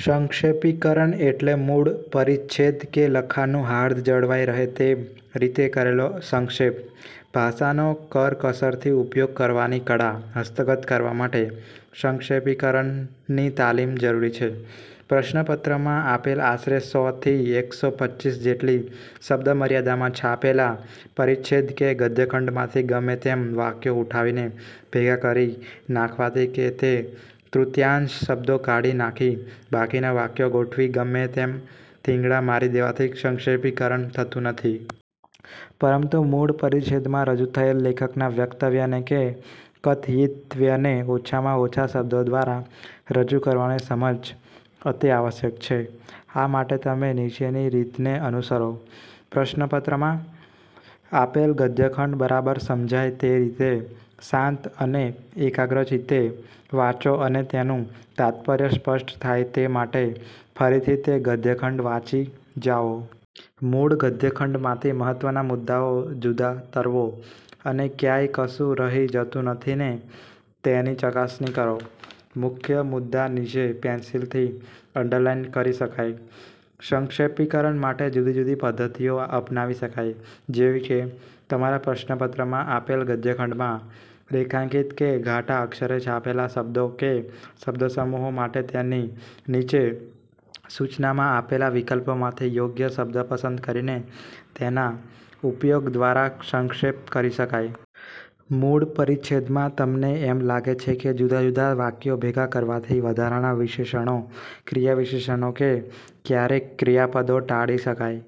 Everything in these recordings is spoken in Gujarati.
સંક્ષેપીકરણ એટલે મૂળ પરિચ્છેદ કે લખાણનું હાર્દ જળવાઈ રહે તે રીતે કરેલો સંક્ષેપ. ભાષાનો કરકસરથી ઉપયોગ કરવાની કળા હસ્તગત કરવા માટે સંક્ષેપીકરણની તાલીમ જરૂરી છે. પ્રશ્નપત્રમાં આપેલ આશરે સો થી એકસો પચીસ જેટલી શબ્દમર્યાદામાં છાપેલા પરિચ્છેદ કે ગદ્યખંડમાંથી ગમે તેમ વાક્યો ઉઠાવીને ભેગાં કરી નાખવાથી કે તે તૃતીયાંશ શબ્દો કાઢી નાખી બાકીના વાક્યો ગોઠવી, ગમે તેમ થીંગડા મારી દેવાથી સંક્ષેપીકરણ થતું નથી. પરંતુ મૂળ પરિચ્છેદમાં રજૂ થયેલ લેખકના વક્તવ્યને કે કથયિતવ્યને ઓછામાં ઓછા શબ્દો દ્વારા રજૂ કરવાની સમજ અતિ આવશ્યક છે. આ માટે તમે નીચેની રીતને અનુસરો: પ્રશ્નપત્રમાં આપેલ ગદ્યખંડ બરાબર સમજાય તે રીતે, શાંત અને એકાગ્રચિતે વાંચો અને તેનું તાત્પર્ય સ્પષ્ટ થાય તે માટે ફરીથી તે ગદ્યખંડ વાંચી જાઓ. મૂળ ગદ્યખંડમાંથી મહત્ત્વના મુદ્દાઓ જુદા તરવો અને ક્યાંય કશું રહી જતું નથીને તેની ચકાસણી કરો. મુખ્ય મુદા નીચે પેન્સિલથી અન્ડરલાઇન કરી શકાય. સંક્ષેપીકરણ માટે જુદી જુદી પદ્ધતિઓ અપનાવી શકાય. જેવી કે, તમારા પ્રશ્નપત્રમાં આપેલ ગદ્યખંડમાં રેખાંકિત કે ઘાટા અક્ષરે છાપેલા શબ્દો કે શબ્દસમૂહો માટે તેની નીચે સૂચનામાં આપેલા વિકલ્પોમાંથી યોગ્ય શબ્દ પસંદ કરીને તેના ઉપયોગ દ્વારા સંક્ષેપ કરી શકાય. મૂળ પરિચ્છેદમાં તમને એમ લાગે કે જુદાજુદા વાક્યો ભેગા કરવાથી વધારાના વિશેષણો, ક્રિયા વિશેષણો કે કયારેક ક્રિયાપદો ટાળી શકાય.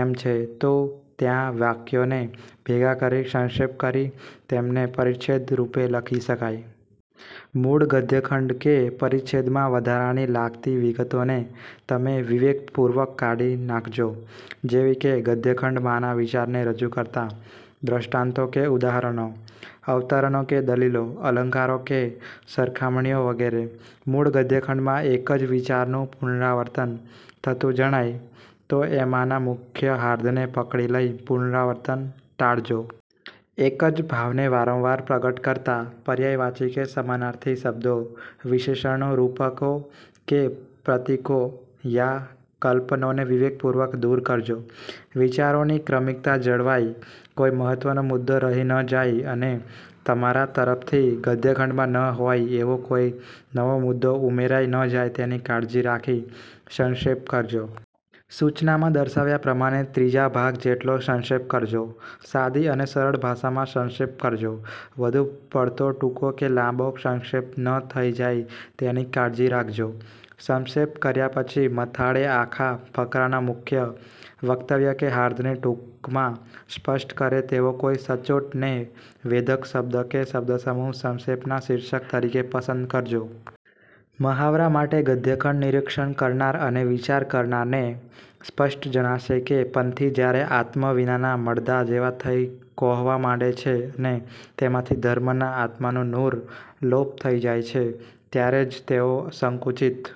એમ છે, તો ત્યાં વાક્યોને ભેગા કરી સંક્ષેપ કરી તેમને પરિચ્છેદ રૂપે લખી શકાય. મૂળ ગદ્યખંડ કે પરિચ્છેદમાં વધારાની લાગતી વિગતોને તમે વિવેકપૂર્વક કાઢી નાખજો. જેવી કે ગદ્યખંડમાંના વિચારને રજૂ કરતા દૃષ્ટાંતો કે ઉદાહરણો, અવતરણો કે દલીલો, અલંકારો કે સરખામણીઓ વગેરે. મૂળ ગદ્યખંડમાં એક જ વિચારનું પુનરાવર્તન થતું જણાય તો એમાંના મુખ્ય હાર્દને પકડી લઈ પુનરાવર્તન ટાળજો. એક જ ભાવને વારંવાર પ્રગટ કરતાં પર્યાયવાચી કે સમાનાર્થી શબ્દો, વિશેષણો, રૂપકો કે પ્રતીકો યા કલ્પનોને વિવેકપૂર્વક દૂર કરજો. વિચારોની ક્રમિકતા જળવાય, કોઈ મહત્ત્વનો મુદ્દો રહી ન જાય અને તમારા તરફથી ગદ્યખંડમાં ન હોય એવો કોઈ નવો મુદ્દો ઉમેરાઈ ન જાય તેની કાળજી રાખી સંક્ષેપ કરજો. સૂચનામાં દર્શાવ્યા પ્રમાણે ત્રીજા ભાગ જેટલો સંક્ષેપ કરજો. સાદી અને સરળ ભાષામાં સંક્ષેપ કરજો. વધુ પડતો ટૂંકો કે લાંબો સંક્ષેપ ન થઈ જાય તેની કાળજી રાખજો. સંક્ષેપ કર્યા પછી મથાળે આખા ફકરાના મુખ્ય વક્તવ્ય કે હાર્દને ટૂંકમાં સ્પષ્ટ કરે તેવો કોઈ સચોટ ને વેધક શબ્દ કે શબ્દસમૂહ સંક્ષેપના શીર્ષક તરીકે પસંદ કરજો. મહાવરા માટે ગદ્યખંડ "નિરીક્ષણ કરનાર અને વિચાર કરનારને સ્પષ્ટ જણાશે કે પંથી જયારે આત્મા વિનાના મડદા જેવા થઈ કોહવા માંડે છે અને તેમાંથી ધર્મના આત્માનું નૂર લોપ થઈ જાય છે ત્યારે જ તેઓ સંકુચિત